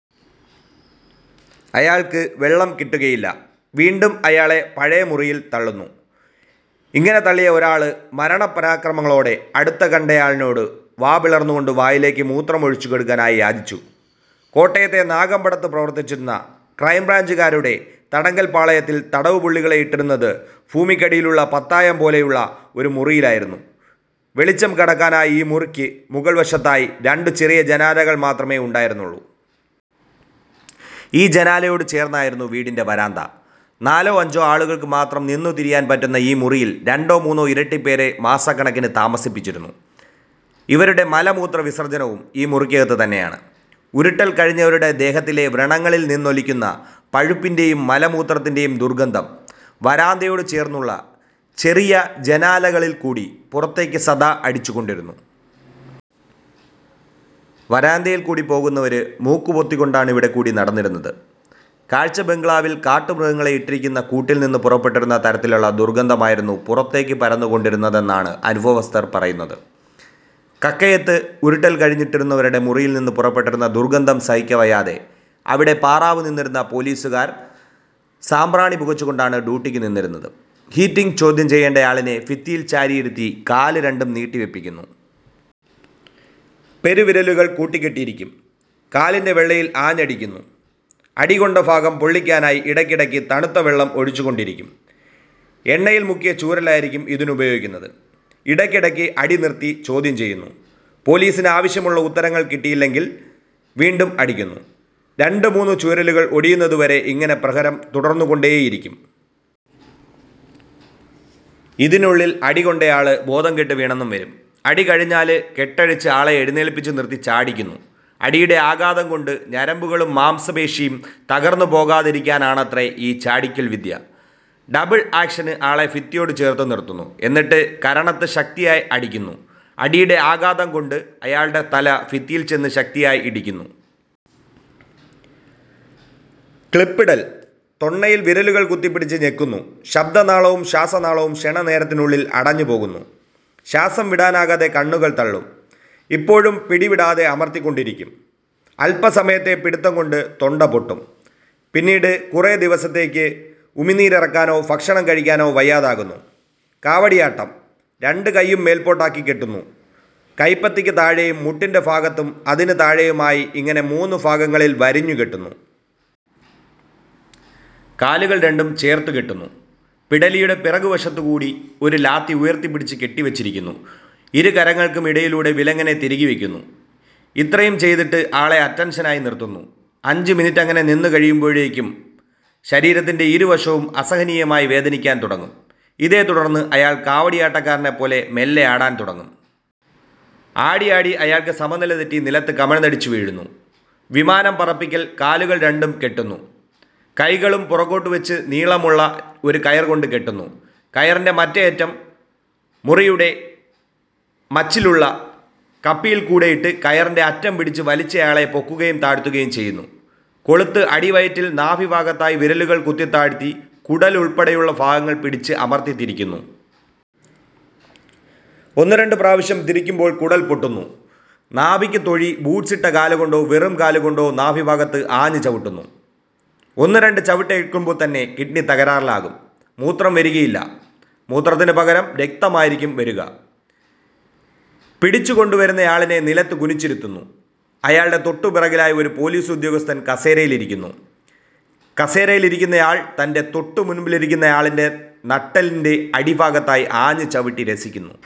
അയാള്ക്ക് വെള്ളം കിട്ടുകയില്ല. വീണ്ടും അയാളെ പഴയ മുറിയില് തള്ളുന്നു. ഇങ്ങനെ തള്ളിയ ഒരാള് മരണപരാക്രമങ്ങളോടെ അടുത്തു കണ്ടയാളിനോട് വാപിളര്ന്നുകൊണ്ട് വായിലേക്ക് മൂത്രം ഒഴിച്ചുകൊടുക്കാനായി യാചിച്ചു. കോട്ടയത്തെ നാഗമ്പടത്ത് പ്രവര്ത്തിച്ചിരുന്ന ക്രൈംബ്രാഞ്ചുകാരുടെ തടങ്കല്പ്പാളയത്തില് തടവുപുള്ളികളെ ഇട്ടിരുന്നത് ഭൂമിക്കടിയിലുള്ള പത്തായംപോലെയുള്ള ഒരു മുറിയിലായിരുന്നു. വെളിച്ചം കടക്കാനായി ഈ മുറിക്ക് മുകള്വശത്തായി രണ്ടു ചെറിയ ജനാലകള് മാത്രമേ ഉണ്ടായിരുന്നുള്ളൂ. ഈ ജനാലയോടു ചേര്ന്നായിരുന്നു വീടിന്റെ വരാന്ത. നാലോ അഞ്ചോ ആളുകള്ക്ക് മാത്രം നിന്നു തിരിയാന് പറ്റുന്ന ഈ മുറിയില് രണ്ടോ മൂന്നോ ഇരട്ടിപ്പേരെ മാസക്കണക്കിന് താമസിപ്പിച്ചിരുന്നു. ഇവരുടെ മലമൂത്രവിസര്ജനവും ഈ മുറിക്കകത്ത് തന്നെയാണ്. ഉരുട്ടല് കഴിഞ്ഞവരുടെ ദേഹത്തിലെ വ്രണങ്ങളില് നിന്നൊലിക്കുന്ന പഴുപ്പിന്റെയും, മലമൂത്രത്തിന്റെയും ദുര്ഗന്ധം വരാന്തയോട് ചേര്ന്നുള്ള ചെറിയ ജനാലകളില്ക്കൂടി പുറത്തേക്ക് സദാ അടിച്ചുകൊണ്ടിരുന്നു. വരാന്തയില്ക്കൂടി പോകുന്നവര് മൂക്കുപൊത്തിക്കൊണ്ടാണിവിടെക്കൂടി നടന്നിരുന്നത്. കാഴ്ചബംഗ്ലാവില് കാട്ടുമൃഗങ്ങളെ ഇട്ടിരിക്കുന്ന കൂട്ടില്നിന്ന് പുറപ്പെട്ടിരുന്ന തരത്തിലുള്ള ദുര്ഗന്ധമായിരുന്നു പുറത്തേക്ക് പരന്നുകൊണ്ടിരുന്നതെന്നാണ് അനുഭവസ്ഥര് പറയുന്നത്. കക്കയത്ത് ഉരുട്ടല് കഴിഞ്ഞിട്ടിരുന്നവരുടെ മുറിയില്നിന്ന് പുറപ്പെട്ടിരുന്ന ദുര്ഗന്ധം സഹിക്കവയ്യാതെ, അവിടെ പാറാവ് നിന്നിരുന്ന പോലീസുകാര് സാമ്പ്രാണി പുകച്ചുകൊണ്ടാണ് ഡ്യൂട്ടിക്ക് നിന്നിരുന്നത്.. ഹീറ്റിങ് ചോദ്യം ചെയ്യേണ്ടയാളിനെ ഭിത്തിയില് ചാരിയിരുത്തി കാല് രണ്ടും നീട്ടിവെപ്പിക്കുന്നു. പെരുവിരലുകള് കൂട്ടിക്കെട്ടിയിരിക്കും. കാലിന്റെ വെള്ളയില് ആഞ്ഞടിക്കുന്നു. അടി കൊണ്ട ഭാഗം പൊള്ളയ്ക്കാനായി ഇടയ്ക്കിടയ്ക്ക് തണുത്ത വെള്ളം ഒഴിച്ചുകൊണ്ടിരിക്കും. എണ്ണയില് മുക്കിയ ചൂരലായിരിക്കും ഇതിനുപയോഗിക്കുന്നത്. ഇടയ്ക്കിടയ്ക്ക് അടി നിര്ത്തി ചോദ്യം ചെയ്യുന്നു. പോലീസിന് ആവശ്യമുള്ള ഉത്തരങ്ങള് കിട്ടിയില്ലെങ്കില് വീണ്ടും അടിക്കുന്നു. രണ്ടുമൂന്നു ചൂരലുകള് ഒടിയുന്നതുവരെ ഇങ്ങനെ പ്രഹരം തുടര്ന്നുകൊണ്ടേയിരിക്കും. ഇതിനുള്ളില് അടികൊണ്ടയാള് ബോധംകെട്ടു വീണെന്നും വരും. അടി കഴിഞ്ഞാല് കെട്ടഴിച്ച് ആളെ എഴുന്നേല്പിച്ച് നിര്ത്തി ചാടിക്കുന്നു. അടിയുടെ ആഘാതംകൊണ്ട്, ഞരമ്പുകളും മാംസപേശിയും തകര്ന്നുപോകാതിരിക്കാനാണത്രേ ഈ ചാടിക്കല്വിദ്യ.. ഡബിള് ആക്ഷന് ആളെ ഭിത്തിയോടു ചേര്ത്തു നിര്ത്തുന്നു. എന്നിട്ട് കരണത്ത് ശക്തിയായി അടിക്കുന്നു. അടിയുടെ ആഘാതംകൊണ്ട് അയാളുടെ തല ഭിത്തിയില് ചെന്ന് ശക്തിയായി ഇടിക്കുന്നു.. ക്ലിപ്പിടല് തൊണ്ണയില് വിരലുകള് കുത്തിപ്പിടിച്ച് ഞെക്കുന്നു. ശബ്ദനാളവും ശ്വാസനാളവും ക്ഷണനേരത്തിനുള്ളില് അടഞ്ഞുപോകുന്നു. ശ്വാസം വിടാനാകാതെ കണ്ണുകള് തള്ളും. ഇപ്പോഴും പിടിവിടാതെ അമര്ത്തിക്കൊണ്ടിരിക്കും. അല്പസമയത്തെ പിടുത്തംകൊണ്ട് തൊണ്ട പൊട്ടും. പിന്നീട് കുറെ ദിവസത്തേക്ക് ഉമിനീരിറക്കാനോ ഭക്ഷണം കഴിക്കാനോ വയ്യാതാകുന്നു.. കാവടിയാട്ടം രണ്ടു കൈയും മേല്പോട്ടാക്കി കെട്ടുന്നു. കൈപ്പത്തിക്കു താഴേയും മുട്ടിന്റെ ഭാഗത്തും, അതിനു താഴേയുമായി ഇങ്ങനെ മൂന്നു ഭാഗങ്ങളില് വരിഞ്ഞുകെട്ടുന്നു. കാലുകള് രണ്ടും ചേര്ത്തു കെട്ടുന്നു. പിടലിയുടെ പിറകുവശത്തുകൂടി ഒരു ലാത്തി ഉയര്ത്തിപ്പിടിച്ച് കെട്ടിവെച്ചിരിക്കുന്നു ഇരു കരങ്ങള്ക്കും ഇടയിലായി വിലങ്ങനെ തിരുകിവെക്കുന്നു. ഇത്രയും ചെയ്തിട്ട് ആളെ അറ്റന്ഷനായി നിര്ത്തുന്നു. അഞ്ചു മിനിട്ടങ്ങനെ നിന്നുകഴിയുമ്പോഴേക്കും ശരീരത്തിന്റെ ഇരുവശവും അസഹനീയമായി വേദനിക്കാന് തുടങ്ങും. ഇതേത്തുടര്ന്ന് അയാള് കാവടിയാട്ടക്കാരനെപ്പോലെ മെല്ലെയാടാന് തുടങ്ങും. ആടിയാടി അയാള്ക്കു സമനിലതെറ്റി നിലത്ത് കമഴ്ന്നടിച്ച് വീഴുന്നു.. വിമാനം പറപ്പിക്കല് കാലുകള് രണ്ടും കെട്ടുന്നു. കൈകളും പുറകോട്ട് വെച്ച് നീളമുള്ള ഒരു കയര്കൊണ്ട് കെട്ടുന്നു. കയറിന്റെ മറ്റേ അറ്റം, മുറിയുടെ മച്ചിലുള്ള കപ്പിയില്ക്കൂടെയിട്ട് കയറിന്റെ അറ്റം പിടിച്ച് വലിച്ചയാളെ പൊക്കുകയും താഴ്ത്തുകയും ചെയ്യുന്നു.. കൊളുത്ത് അടിവയറ്റില് നാഭിഭാഗത്തായി വിരലുകള് കുത്തിത്താഴ്ത്തി കുടലുകളുള്പ്പെടെയുള്ള ഭാഗങ്ങള് പിടിച്ച് അമര്ത്തിത്തിരിക്കുന്നു. ഒന്നുരണ്ടു പ്രാവശ്യം തിരിക്കുമ്പോള് കുടല് പൊട്ടുന്നു.. നാഭിക്ക് തൊഴി ബൂട്സിട്ട കാലുകൊണ്ടോ വെറും കാലുകൊണ്ടോ നാഭിഭാഗത്ത് ആഞ്ഞു ചവിട്ടുന്നു. ഒന്നുരണ്ടു ചവിട്ടേല്ക്കുമ്പോള്ത്തന്നെ കിഡ്നി തകരാറിലാകും. മൂത്രം വരുകയില്ല. മൂത്രത്തിനു പകരം രക്തമായിരിക്കും വരുക. പിടിച്ചുകൊണ്ടുവരുന്നയാളിനെ നിലത്ത് കുനിച്ചിരുത്തുന്നു. അയാളുടെ തൊട്ടുപുറകിലായി ഒരു പോലീസുദ്യോഗസ്ഥന് കസേരയിലിരിക്കുന്നു. കസേരയിലിരിക്കുന്നയാള് തന്റെ തൊട്ടുമുന്പിലിരിക്കുന്നയാളിന്റെ നട്ടെല്ലിന്റെ അടിഭാഗത്തായി ആഞ്ഞുചവിട്ടി രസിക്കുന്നു..